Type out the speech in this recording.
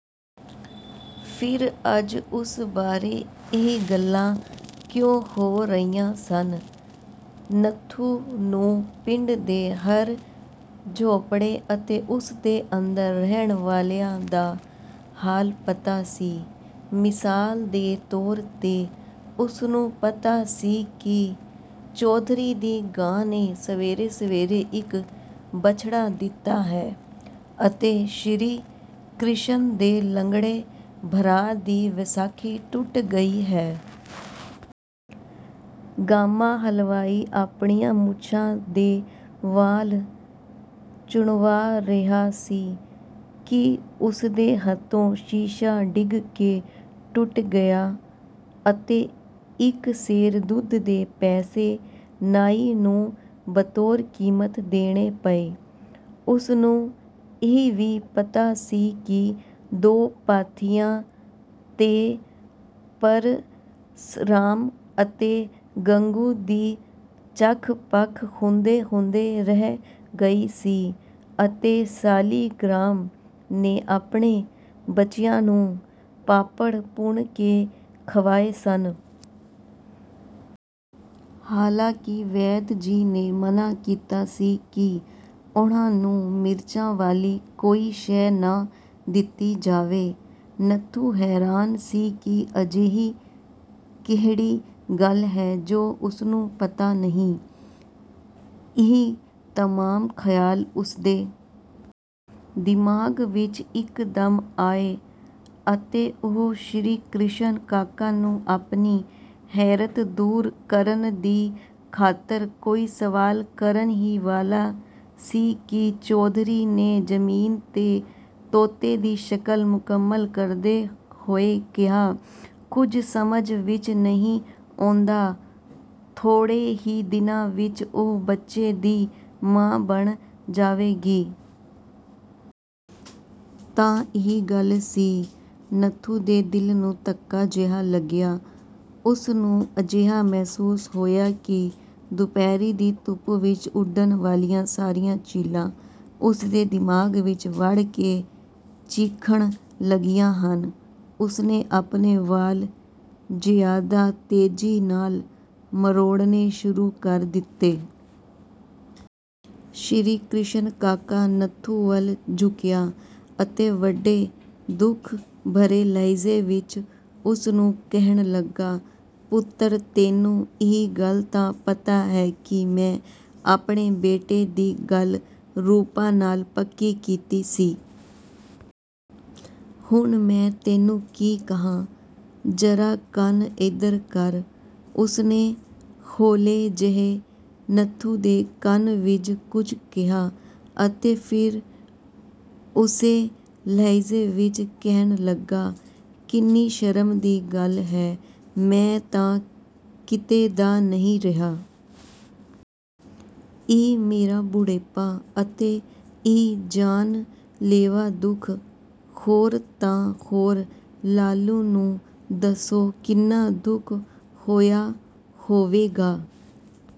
ਫਿਰ ਅੱਜ ਉਸ ਬਾਰੇ ਇਹ ਗੱਲਾਂ ਕਿਉਂ ਹੋ ਰਹੀਆਂ ਸਨ। ਨੱਥੂ ਨੂੰ ਪਿੰਡ ਦੇ ਹਰ ਝੋਂਪੜੇ ਅਤੇ ਉਸਦੇ ਅੰਦਰ ਰਹਿਣ ਵਾਲਿਆਂ ਦਾ ਹਾਲ ਪਤਾ ਸੀ। ਮਿਸਾਲ ਦੇ ਤੌਰ 'ਤੇ ਉਸਨੂੰ ਪਤਾ ਸੀ ਕਿ ਚੌਧਰੀ ਦੀ ਗਾਂ ਨੇ ਸਵੇਰੇ-ਸਵੇਰੇ ਇੱਕ ਬਛੜਾ ਦਿੱਤਾ ਹੈ ਅਤੇ ਸ੍ਰੀ ਕਿਸ਼ਨ ਦੇ ਲੰਗੜੇ ਭਰਾ ਦੀ ਵਿਸਾਖੀ ਟੁੱਟ ਗਈ ਹੈ। ਗਾਮਾ ਹਲਵਾਈ ਆਪਣੀਆਂ ਮੁੱਛਾਂ ਦੇ ਵਾਲ਼ ਚੁਣਵਾ ਰਿਹਾ ਸੀ ਕਿ ਉਸਦੇ ਹੱਥੋਂ ਸ਼ੀਸ਼ਾ ਡਿੱਗ ਕੇ ਟੁੱਟ ਗਿਆ ਅਤੇ ਇੱਕ ਸੇਰ ਦੁੱਧ ਦੇ ਪੈਸੇ ਨਾਈ ਨੂੰ ਬਤੌਰ ਕੀਮਤ ਦੇਣੇ ਪਏ। ਉਸਨੂੰ ਇਹ ਵੀ ਪਤਾ ਸੀ ਕਿ ਦੋ ਪਾਥੀਆਂ 'ਤੇ ਪਰਸਰਾਮ ਅਤੇ ਗੰਗੂ ਦੀ ਚਖ਼-ਪਖ਼ ਹੁੰਦੇ-ਹੁੰਦੇ ਰਹਿ ਗਈ ਸੀ ਅਤੇ ਸਾਲਿਗਰਾਮ ਨੇ ਆਪਣੇ ਬੱਚਿਆਂ ਨੂੰ ਪਾਪੜ ਭੁੰਨ ਕੇ ਖਵਾਏ ਸਨ। ਹਾਲਾਂਕਿ ਵੈਦ ਜੀ ਨੇ ਮਨ੍ਹਾ ਕੀਤਾ ਸੀ ਕਿ ਉਨ੍ਹਾਂ ਨੂੰ ਮਿਰਚਾਂ ਵਾਲੀ ਕੋਈ ਸ਼ੈ ਨਾ ਦਿੱਤੀ ਜਾਵੇ। ਨੱਥੂ ਹੈਰਾਨ ਸੀ ਕਿ ਅਜਿਹੀ ਕਿਹੜੀ ਗੱਲ ਹੈ ਜੋ ਉਸਨੂੰ ਪਤਾ ਨਹੀਂ। ਇਹ ਤਮਾਮ ਖਿਆਲ ਉਸਦੇ ਦਿਮਾਗ਼ ਵਿੱਚ ਇੱਕਦਮ ਆਏ ਅਤੇ ਉਹ ਸ੍ਰੀ ਕਿਸ਼ਨ ਕਾਕਾ ਨੂੰ ਆਪਣੀ ਹੈਰਤ ਦੂਰ ਕਰਨ ਦੀ ਖ਼ਾਤਰ ਕੋਈ ਸਵਾਲ ਕਰਨ ਹੀ ਵਾਲਾ ਸੀ ਕਿ ਚੌਧਰੀ ਨੇ ਜ਼ਮੀਨ 'ਤੇ ਤੋਤੇ ਦੀ ਸ਼ਕਲ ਮੁਕੰਮਲ ਕਰਦੇ ਹੋਏ ਕਿਹਾ, "ਕੁੱਝ ਸਮਝ ਵਿੱਚ ਨਹੀਂ ਆਉਂਦਾ ਥੋੜ੍ਹੇ ਹੀ ਦਿਨਾਂ ਵਿੱਚ ਉਹ ਬੱਚੇ ਦੀ ਮਾਂ ਬਣ ਜਾਵੇਗੀ।" ਤਾਂ ਇਹ ਗੱਲ ਸੀ। ਨੱਥੂ ਦੇ ਦਿਲ ਨੂੰ ਧੱਕਾ ਜਿਹਾ ਲੱਗਿਆ। ਉਸਨੂੰ ਅਜਿਹਾ ਮਹਿਸੂਸ ਹੋਇਆ ਕਿ ਦੁਪਹਿਰ ਦੀ ਧੁੱਪ ਵਿੱਚ ਉੱਡਣ ਵਾਲੀਆਂ ਸਾਰੀਆਂ ਚੀਲਾਂ ਉਸਦੇ ਦਿਮਾਗ਼ ਵਿੱਚ ਵੜ ਕੇ ਚੀਖ਼ਣ ਲੱਗੀਆਂ ਹਨ। ਉਸਨੇ ਆਪਣੇ ਵਾਲ਼ ਜ਼ਿਆਦਾ ਤੇਜ਼ੀ ਨਾਲ ਮਰੋੜਨੇ ਸ਼ੁਰੂ ਕਰ ਦਿੱਤੇ। ਸ੍ਰੀ ਕਿਸ਼ਨ ਕਾਕਾ, ਨੱਥੂ ਵੱਲ ਝੁੱਕਿਆ ਅਤੇ ਵੱਡੇ ਦੁੱਖ ਭਰੇ ਲਹਿਜੇ ਵਿੱਚ ਉਸਨੂੰ ਕਹਿਣ ਲੱਗਾ, "ਪੁੱਤਰ ਤੈਨੂੰ ਇਹ ਗੱਲ ਤਾਂ ਪਤਾ ਹੈ ਕਿ ਮੈਂ ਆਪਣੇ ਬੇਟੇ ਦੀ ਗੱਲ ਰੂਪਾ ਨਾਲ ਪੱਕੀ ਕੀਤੀ ਸੀ। ਹੁਣ ਮੈਂ ਤੈਨੂੰ ਕੀ ਕਹਾਂ ਜਰਾ ਕੰਨ ਏਧਰ ਕਰ।" ਉਸਨੇ ਹੌਲੇ ਜਿਹੇ ਨੱਥੂ ਦੇ ਕੰਨ ਵਿੱਚ ਕੁੱਝ ਕਿਹਾ ਅਤੇ ਫਿਰ ਉਸੇ ਲਹਿਜੇ ਵਿੱਚ ਕਹਿਣ ਲੱਗਾ, "ਕਿੰਨੀ ਸ਼ਰਮ ਦੀ ਗੱਲ ਹੈ। ਮੈਂ ਤਾਂ ਕਿਤੇ ਦਾ ਨਹੀਂ ਰਿਹਾ। ਇਹ ਮੇਰਾ ਬੁਢੇਪਾ ਅਤੇ ਇਹ ਜਾਨ-ਲੇਵਾ ਦੁੱਖ, ਹੋਰ ਤਾਂ ਹੋਰ ਲਾਲੂ ਨੂੰ ਦੱਸੋ ਕਿੰਨਾ ਦੁੱਖ ਹੋਇਆ ਹੋਵੇਗਾ"